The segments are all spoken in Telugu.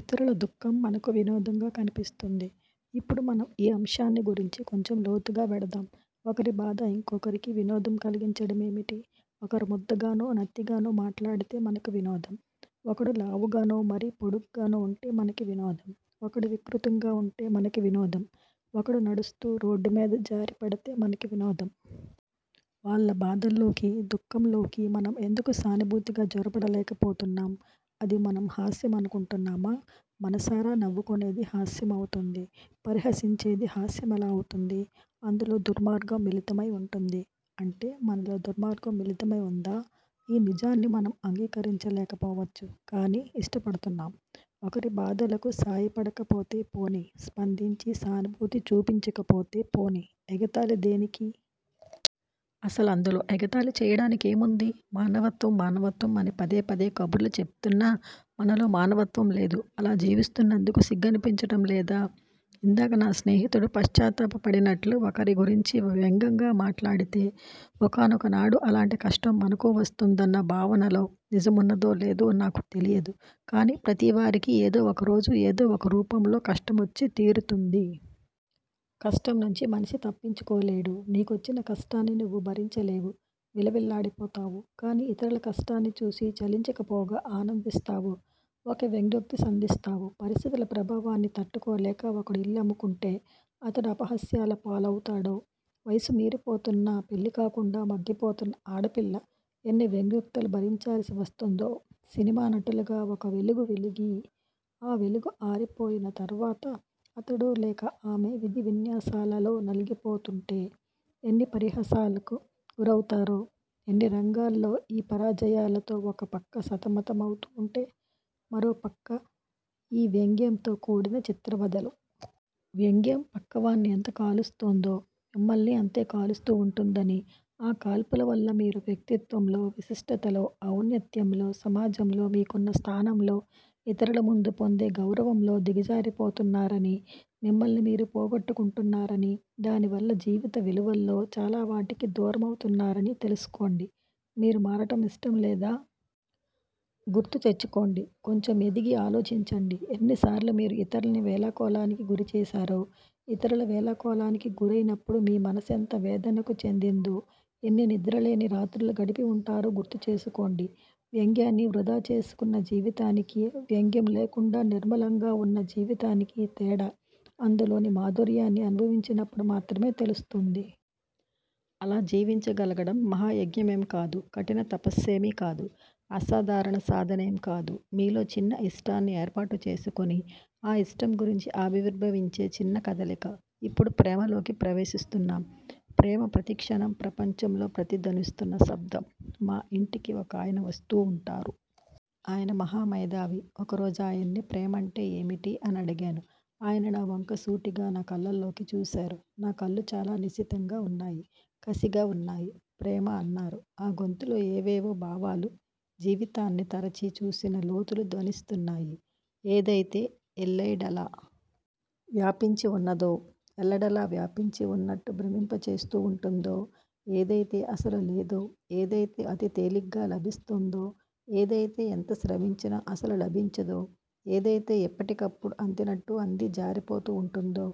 ఇతరుల దుఃఖం మనకు వినోదంగా కనిపిస్తుంది. ఇప్పుడు మనం ఈ అంశాన్ని గురించి కొంచెం లోతుగా వెడదాం. ఒకరి బాధ ఇంకొకరికి వినోదం కలిగించటమేమిటి? ఒకరు ముద్దగానో, నత్తిగానో మాట్లాడితే మనకి వినోదం ఒకడు లావుగానో, మరీ పొడుగ్గానో వుంటే మనకి వినోదం ఒకడు వికృతంగా వుంటే మనకి వినోదం ఒకడు నడుస్తూ రోడ్డుమీద జారిపడితే మనకి వినోదం. వాళ్ళ బాధల్లోకీ, దుఃఖంలోకీ మనం ఎందుకు సానుభూతిగా జొరబడలేక పోతున్నాం? అది మనం హాస్యమనుకుంటున్నామా? మనసారా నవ్వుకునేది హాస్యమవుతుంది. పరిహసించేది హాస్యమెలా అవుతుంది? అందులో దుర్మార్గం మిళితమై వుంటుంది. అంటే మనలో దుర్మార్గం మిళితమై వుందా? ఈ నిజాన్ని మనం అంగీకరించలేకపోవచ్చు కాని ఇష్టపడుతున్నాం. ఒకరి బాధలకు సాయపడకపోతే పోనీ, స్పందించి సానుభూతి చూపించకపోతే పోనీ, ఎగతాళి దేనికి? అసలందులో ఎగతాళి చేయటానికేముంది? మానవత్వం మానవత్వం అని పదేపదే కబుర్లు చెపుతున్నా మనలో మానవత్వంలేదు. అలా జీవిస్తున్నందుకు సిగ్గనిపించటం లేదా? ఇందాక నా స్నేహితుడు పశ్చాత్తాపపడినట్లు ఒకరిగురించి వ్యంగ్యంగా మాట్లాడితే, ఒకానొకనాడు అలాంటి కష్టం మనకూ వస్తుందన్న భావనలో నిజమున్నదో లేదో నాకు తెలీదు. కాని ప్రతివారికీ ఏదో ఒకరోజు ఏదో ఒకరూపంలో కష్టమొచ్చి తీరుతుంది. కష్టంనుంచి మనిషి తప్పించుకోలేడు. నీకొచ్చిన కష్టాన్ని నువ్వు భరించలేవు. విలవిల్లాడిపోతావు. కాని ఇతరుల కష్టాన్ని చూసి చలించకపోగా ఆనందిస్తావు. ఒక వ్యంగ్యోక్తి సంధిస్తావు. పరిస్థితుల ప్రభావాన్ని తట్టుకోలేక ఒకడు ఇల్లమ్ముకుంటే, అతడు అపహాస్యాల పాలవుతాడో, వయసు మీరిపోతున్నా పెళ్ళి కాకుండా మగ్గిపోతున్న ఆడపిల్ల ఎన్ని వ్యంగ్యోక్తులు భరించాల్సి వస్తోందో, సినిమా నటులుగా ఒక వెలుగు వెలిగి, ఆ వెలుగు ఆరిపోయిన తర్వాత అతడు లేక ఆమె విధి విన్యాసాలలో నలిగిపోతూంటే ఎన్ని పరిహాసాలకు గురవుతారో ఎన్నిరంగాల్లో ఈ పరాజయాలతో ఒకపక్క సతమతమవుతూంటే మరోపక్క ఈ వ్యంగ్యంతో కూడిన చిత్రవధలు! వ్యంగ్యం పక్కవాణ్ని ఎంత కాలుస్తుందో, మిమ్మల్నీ అంతే కాలుస్తూ వుంటుందనీ, ఆ కాల్పుల వల్ల మీరు వ్యక్తిత్వంలో, విశిష్టతలో, ఔన్నత్యంలో సమాజంలో మీకున్న స్థానంలో, ఇతరుల ముందు పొందే గౌరవంలో దిగజారిపోతున్నారనీ, మిమ్మల్ని మీరు పోగొట్టుకుంటున్నారనీ, దానివల్ల జీవితవిలువల్లో చాలావాటికి దూరమవుతున్నారని తెలుసుకోండి. మీరు మారటం ఇష్టంలేదా? గుర్తు తెచ్చుకోండి కొంచెం ఎదిగి ఆలోచించండి. ఎన్నిసార్లు మీరు ఇతరుల్ని వేళాకోళానికి గురి చేశారో, ఇతరుల వేళాకోళానికి గురైనప్పుడు మీ మనసెంత వేదనకు చెందిందో, ఎన్ని నిద్రలేని రాత్రులు గడిపి వుంటారో గుర్తుచేసుకోండి. వ్యంగ్యాన్ని వృధా చేసుకున్న జీవితానికీ, వ్యంగ్యం లేకుండా నిర్మలంగా వున్న జీవితానికీ తేడా అందులోని మాధుర్యాన్ని అనుభవించినప్పుడు మాత్రమే తెలుస్తుంది. అలా జీవించగలగటం మహాయజ్ఞమేం కాదు. కఠిన తపస్సేమీ కాదు. అసాధారణ సాధనేం కాదు. మీలో చిన్న ఇష్టాన్ని ఏర్పాటు చేసుకుని, ఆ ఇష్టంగురించి ఆవిర్భవించే చిన్న కదలిక. ఇప్పుడు ప్రేమలోకి ప్రవేశిస్తున్నాం. ప్రేమ ప్రతిక్షణం ప్రపంచంలో ప్రతిధ్వనిస్తూన్న శబ్దం. మా ఇంటికి ఒకాయన వస్తూ వుంటారు. ఆయన మహామేధావి. ఒక రోజాయన్ని ప్రేమంటే ఏమిటి? అనడిగాను. ఆయన నావంక సూటిగా నా కళ్ళలోకి చూశారు. నా కళ్ళు చాలా నిశితంగా వున్నాయి కసిగా వున్నాయి. ప్రేమ అన్నారు. ఆ గొంతులో ఏవేవో భావాలు జీవితాన్ని తరచి చూసిన లోతులు ధ్వనిస్తున్నాయి. ఏదైతే ఎల్లెడలా వ్యాపించివున్నదో, ఎల్లెడలా వ్యాపించి వున్నట్లు భ్రమింపచేస్తూ వుంటుందో, ఏదైతే అసలు లేదో, ఏదైతే అతితేలిగ్గా లభిస్తుందో, ఏదైతే ఎంత శ్రమించినా అసలు లభించదో, ఏదైతే ఎప్పటికప్పుడు అందినట్లు అంది జారిపోతూ వుంటుందో,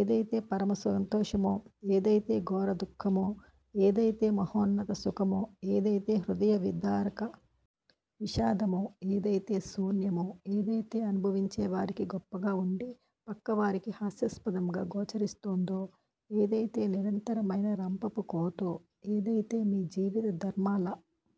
ఏదైతే పరమ సంతోషమో, ఏదైతే ఘోరదుఃఖమో, ఏదైతే మహోన్నత సుఖమో, ఏదైతే హృదయవిదారక విషాదమో ఏదైతే శూన్యమో, ఏదైతే అనుభవించేవారికి గొప్పగా వుండి పక్కవారికి హాస్యస్పధంగా గోచరిస్తుందో, ఏదైతే నిరంతరమైన రంపపుకోతో, ఏదైతే మీ జీవితధర్మాల